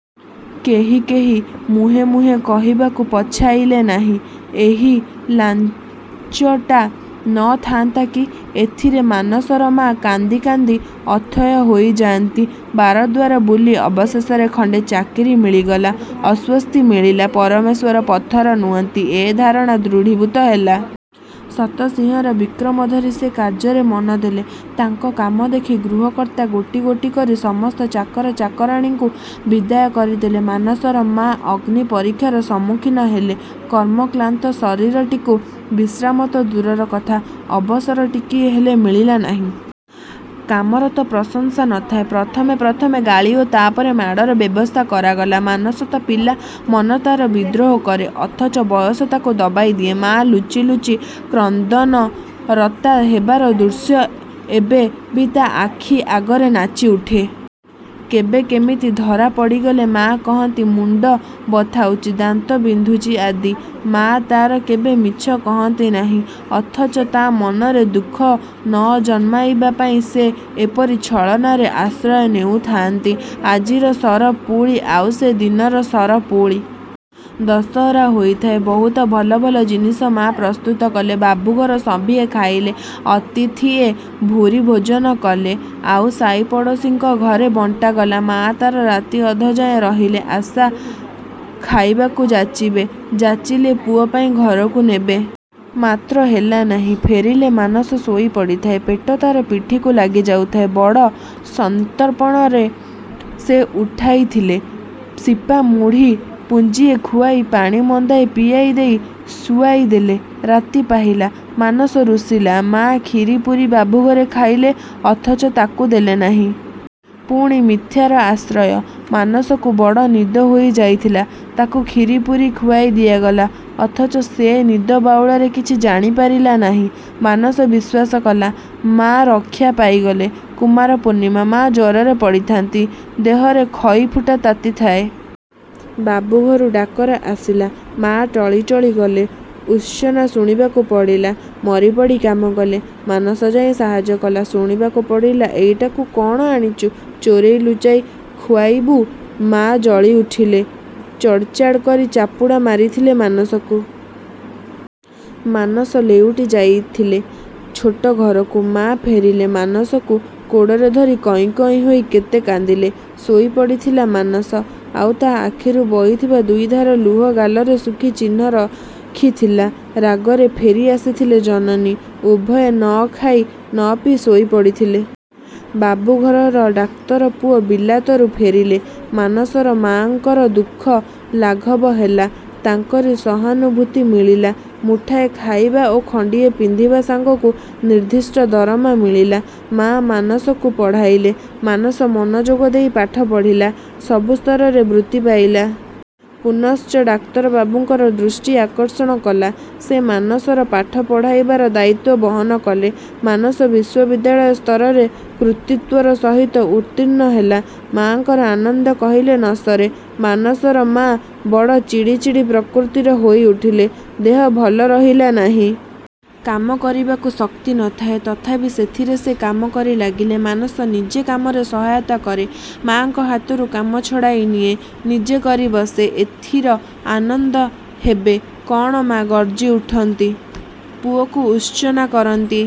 କେହି କେହି ମୁହେଁ ମୁହେଁ କହିବାକୁ ପଛାଇଲେ ନାହିଁ—ଏଇ ଲାଞ୍ଜଟା ନ ଥାଆନ୍ତା କି! ଏଥିରେ ମାନସର ମା' କାନ୍ଦି କାନ୍ଦି ଅଥୟ ହୋଇ ଯାଆନ୍ତି। ବାରଦ୍ୱାର ବୁଲି ଅବଶେଷରେ ଖଣ୍ତେ ଚାକିରୀ ମିଳିଗଲା। ଆଶ୍ୱସ୍ତି ମିଳିଲା। ପରମେଶ୍ୱର ପଥର ନୁହନ୍ତି–ଏ ଧାରଣା ଦୃଢ଼ୀଭୂତ ହେଲା। ଶତ ସିଂହର ବିକ୍ରମ ଧରି ସେ କାର୍ଯ୍ୟରେ ମନ ଦେଲେ। ତାଙ୍କ କାମ ଦେଖି ଗୃହକର୍ତ୍ତା ଗୋଟି ଗୋଟି କରି ସମସ୍ତ ଚାକର ଚାକରାଣୀଙ୍କୁ ବିଦାୟ କରି ଦେଲେ। ମାନସର ମା' ଅଗ୍ନି ପରୀକ୍ଷାର ସମ୍ମୁଖୀନ ହେଲେ। କର୍ମକ୍ଳାନ୍ତ ଶରୀରଟିକୁ ବିଶ୍ରାମ ତ ଦୂରର କଥା, ଅବସର ଟିକିଏ ହେଲେ ମିଳିଲା ନାହିଁ। କାମର ତ ପ୍ରଶଂସା ନ ଥାଏ। ପ୍ରଥମେ ପ୍ରଥମେ ଗାଳି ଓ ତା'ପରେ ମାଡ଼ର ବ୍ୟବସ୍ଥା କରାଗଲା। ମାନସ ତ ପିଲା। ମନ ତାର ବିଦ୍ରୋହ କରେ। ଅଥଚ ବୟସ ତାକୁ ଦବାଇ ଦିଏ। ମାଆ ଲୁଚି ଲୁଚି କ୍ରନ୍ଦନରତା ହେବାର ଦୃଶ୍ୟ ଏବେ ବି ତା ଆଖି ଆଗରେ ନାଚିଉଠେ। କେବେ କେମିତି ଧରା ପଡ଼ିଗଲେ, ମା' କହନ୍ତି—ମୁଣ୍ତ ବଥାଉଚି, ଦାନ୍ତ ବିନ୍ଧୁଚି ଆଦି। ମା'ତାର କେବେ ମିଛ କହନ୍ତି ନାହିଁ, ଅଥଚ ତା ମନରେ ଦୁଃଖ ନ ଜନ୍ମାଇବା ପାଇଁ ସେ ଏପରି ଛଳନାରେ ଆଶ୍ରୟ ନେଉ ଥାଆନ୍ତି। ଆଜିର ସର ପୁଳି ଆଉ ସେ ଦିନର ସର ପୁଳି। ଦଶହରା ହୋଇଥାଏ। ବହୁତ ଭଲ ଭଲ ଜିନିଷ ମା' ପ୍ରସ୍ତୁତ କଲେ। ବାବୁଘର ସଭିଏଁ ଖାଇଲେ, ଅତିଥିଏ ଭୂରୀ ଭୋଜନ କଲେ, ଆଉ ସାଇ ପଡ଼ୋଶୀଙ୍କ ଘରେ ବଣ୍ଟାଗଲା। ମା'ତାର ରାତି ଅଧଯାଏ ରହିଲେ। ଆଶା, ଖାଇବାକୁ ଯାଚିବେ। ଯାଚିଲେ ପୁଅ ପାଇଁ ଘରକୁ ନେବେ। ମାତ୍ର ହେଲା ନାହିଁ। ଫେରିଲେ, ମାନସ ଶୋଇ ପଡ଼ିଥାଏ। ପେଟ ତାର ପିଠିକୁ ଲାଗି ଯାଉଥାଏ। ବଡ଼। ସନ୍ତର୍ପଣରେ ସେ ଉଠାଇଥିଲେ। ସିପା ମୁଢ଼ି ପୁଞ୍ଜିଏ ଖୁଆଇ, ପାଣି ମନ୍ଦାଏ ପିଆଇ ଦେଇ ଶୁଆଇ ଦେଲେ। ରାତି ପାହିଲା। ମାନସ ରୁଷିଲା। ମା' ଖିରୀ ପୁରୀ ବାବୁଘରେ ଖାଇଲେ, ଅଥଚ ତାକୁ ଦେଲେ ନାହିଁ। ପୁଣି ମିଥ୍ୟାର ଆଶ୍ରୟ। ମାନସକୁ ବଡ଼ ନିଦ ହୋଇ ଯାଇଥିଲା, ତାକୁ ଖିରୀ ପୁରୀ ଖୁଆଇ ଦିଆଗଲା। ଅଥଚ ସେ ନିଦ ବାଉଳାରେ କିଛି ଜାଣି ପାରିଲା ନାହିଁ। ମାନସ ବିଶ୍ୱାସ କଲା-। ମା' ରକ୍ଷା ପାଇଗଲେ। କୁମାର ପୂର୍ଣ୍ଣିମା। ମା ଜ୍ୱରରେ ପଡ଼ିଥାଆନ୍ତି। ଦେହରେ ଖଇଫୁଟା ତାତି ଥାଏ। ବାବୁ ଘରୁ ଡାକରା ଆସିଲା। ମା ଟଳି ଟଳି ଗଲେ। ଭତ୍ସନା ଶୁଣିବାକୁ ପଡ଼ିଲା। ମରି ପଡ଼ି କାମ କଲେ-। ମାନସ ଯାଇ ସାହାର୍ଯ୍ୟ କଲା, ଶୁଣିବାକୁ ପଡ଼ିଲା—ଏଇଟାକୁ କଅଣ ଆଣିଚୁ ଚୋରାଇ ଲୁଚାଇ ଖୁଆଇବୁ? ମା' ଜଳି ଉଠିଲେ। ଚଡ଼ଚାଡ଼ କରି ଚାପୁଡ଼ା ମାରିଥିଲେ ମାନସକୁ। ମାନସ ଲେଉଟି ଯାଇଥିଲେ ଛୋଟ ଘରକୁ। ମା' ଫେରିଲେ। ମାନସକୁ କୋଡ଼ରେ ଧରି କଇଁ କଇଁ ହୋଇ କେତେ କାନ୍ଦିଲେ। ଶୋଇ ପଡ଼ିଥିଲା ମାନସ। ଆଉ ତା ଆଖିରୁ ବହିଥିବା ଦୁଇଧାର ଲୁହ ଗାଲରେ ଶୁଖି ଚିହ୍ନ ରଖିଥିଲା। ରାଗରେ ଫେରି ଆସିଥିଲେ ଜନନୀ। ଉଭୟେ ନ ଖାଇ ନ ପିଇ ଶୋଇ ପଡ଼ିଥିଲେ। ବାବୁଘରର ଡାକ୍ତର ପୁଅ ବିଲାତରୁ ଫେରିଲେ। ମାନସର ମା'ଙ୍କର ଦୁଃଖ ଲାଘବ ହେଲା। ତାଙ୍କରି ସହାନୁଭୂତି ମିଳିଲା। ମୁଠାଏ ଖାଇବା ଓ ଖଣ୍ତିଏ ପିନ୍ଧିବା ସାଙ୍ଗକୁ ନିର୍ଦ୍ଦିଷ୍ଟ ଦରମା ମିଳିଲା। ମା ମାନସକୁ ପଢ଼ାଇଲେ। ମାନସ ମନଯୋଗ ଦେଇ ପାଠ ପଢ଼ିଲା। ସବୁ ସ୍ତରରେ ବୃତ୍ତି ପାଇଲା। ପୁନଶ୍ଚ ଡାକ୍ତରବାବୁଙ୍କର ଦୃଷ୍ଟି ଆକର୍ଷଣ କଲା। ସେ ମାନସର ପାଠ ପଢ଼ାଇବାର ଦାୟିତ୍ୱ ବହନ କଲେ। ମାନସ ବିଶ୍ୱବିଦ୍ୟାଳୟ ସ୍ତରରେ କୃତିତ୍ୱର ସହିତ ଉର୍ତ୍ତୀଣ୍ଣ ହେଲା। ମା'ଙ୍କର ଆନନ୍ଦ କହିଲେ ନ ସରେ। ମାନସର ମା' ବଡ଼ ଚିଡ଼ି ଚିଡ଼ି ପ୍ରକୃତିର ହୋଇ ଉଠିଲେ। ଦେହ ଭଲ ରହିଲା ନାହିଁ। କାମ କରିବାକୁ ଶକ୍ତି ନ ଥାଏ। ତଥାପି ସେଥିରେ ସେ କାମ କରି ଲାଗିଲେ। ମାନସ ନିଜେ କାମରେ ସହାୟତା କରେ। ମା'ଙ୍କ ହାତରୁ କାମ ଛଡ଼ାଇ ନିଏ, ନିଜେ କରି ବସେ। ଏଥିର ଆନନ୍ଦ ହେବେ କ'ଣ ମା' ଗର୍ଜି ଉଠନ୍ତି। ପୁଅକୁ ଭତ୍ସନା କରନ୍ତି।